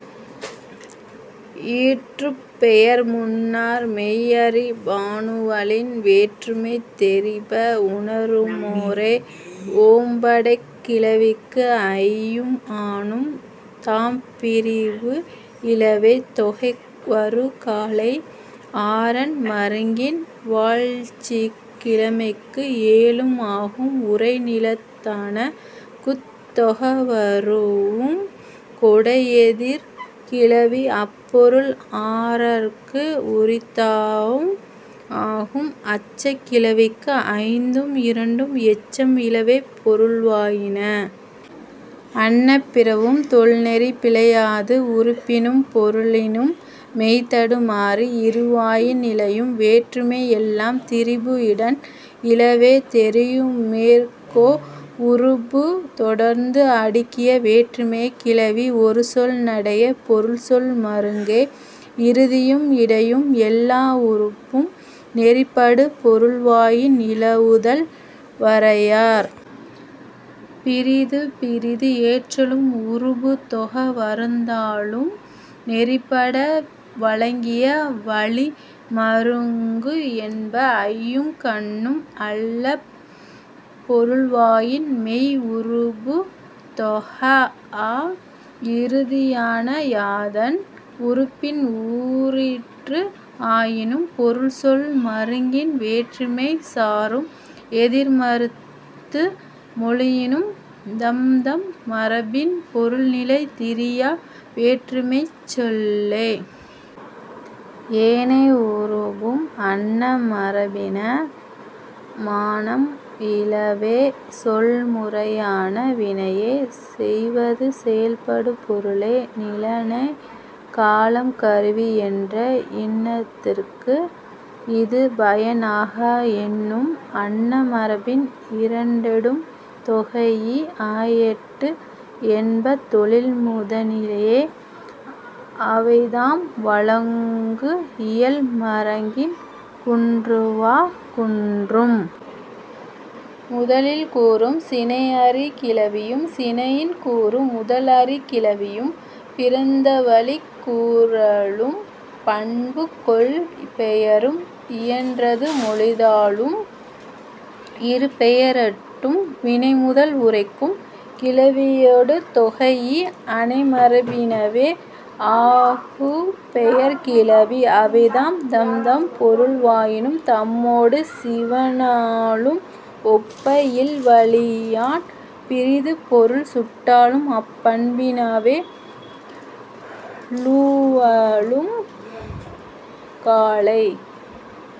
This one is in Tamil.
ஈற்றுப் பெயர் முன்னர் மெய் அறி பானுவலின் வேற்றுமை தெரிப உணருமோரே. ஓம்படைக் கிளவிக்கு ஐயும் ஆனும் தாம் பிரிவு இலவே தொகை வரு காலை. ஆறன் மருங்கின் வாழ்ச்சிக் கிழமைக்கு ஏழும் ஆகும் உறை நிலத்தான. குத் தொக வரூஉம் கொடை எதிர் கிளவி அப் பொருள் ஆறற்கு உரித்தாகும் ஆகும், அச்சக் கிளவிக்கு ஐந்தும் இரண்டும் எச்சம் இலவே பொருள்வயின அன்ன பிறவும் தொல் நெறி பிழையாது உருபினும் பொருளினும் மெய் தடுமாறி இரு வாயின் நிலையும் வேற்றுமை எல்லாம் திரிபு இடன் இலவே தெரியுமேர்க்கோ. உருபு தொடர்ந்து அடுக்கிய வேற்றுமைக் கிளவி ஒரு சொல் நடைய பொருள் சொல் மருங்கே. இறுதியும் இடையும் எல்லா உருபும் நெறி படு பொருள்வாயின் நிலவுதல் வரையார். பிறிது பிறிது ஏற்றலும் உருபு தொக வருதலும் நெறிபட வழங்கிய வழி மருங்கு என்ப. ஐயும் கண்ணும் அல்லாப் பொருள்வயின் மெய் உருபு தொகாஅ இறுதியான. யாதன் உருபின் கூறிற்று ஆயினும் பொருள் செல் மருங்கின் வேற்றுமை சாரும். எதிர் மறுத்து மொழியினும் தம்தம் மரபின் பொருள் நிலை திரியா வேற்றுமைச் சொல்லே. ஏனை உருபும் அன்ன மரபின மானம் இலவே சொல் முறையான. வினையே செய்வது செயப்படுபொருளே நிலனே காலம் கருவி என்றா இன்னதற்கு இது பயன் ஆக என்னும் அன்ன மரபின் இரண்டொடும் தொகைஇ ஆயெட்டு என்ப தொழில் முதனிலையே. அவைதாம், வழங்கு இயல் மருங்கின் குன்றுவ குன்றும். முதலின் கூறும் சினை அறி கிளவியும் சினையின் கூறும் முதல் அறி கிளவியும் பிறந்தவழிக் கூறலும் பண்பு கொள் பெயரும் இயன்றது மொழிதாலும் இருபெயரட்டும் வினைமுதல் உரைக்கும் கிளவியொடு தொகைஇ அனை மரபினவே ஆகுபெயர்க் கிளவி. அவைதாம், தம்தம் பொருள்வாயினும் தம்மொடு சிவணாலும் ஒப்பு இல் வழியான் பிறிது பொருள் சுட்டலும் அப் பண்பினவே லுவலும் காலை.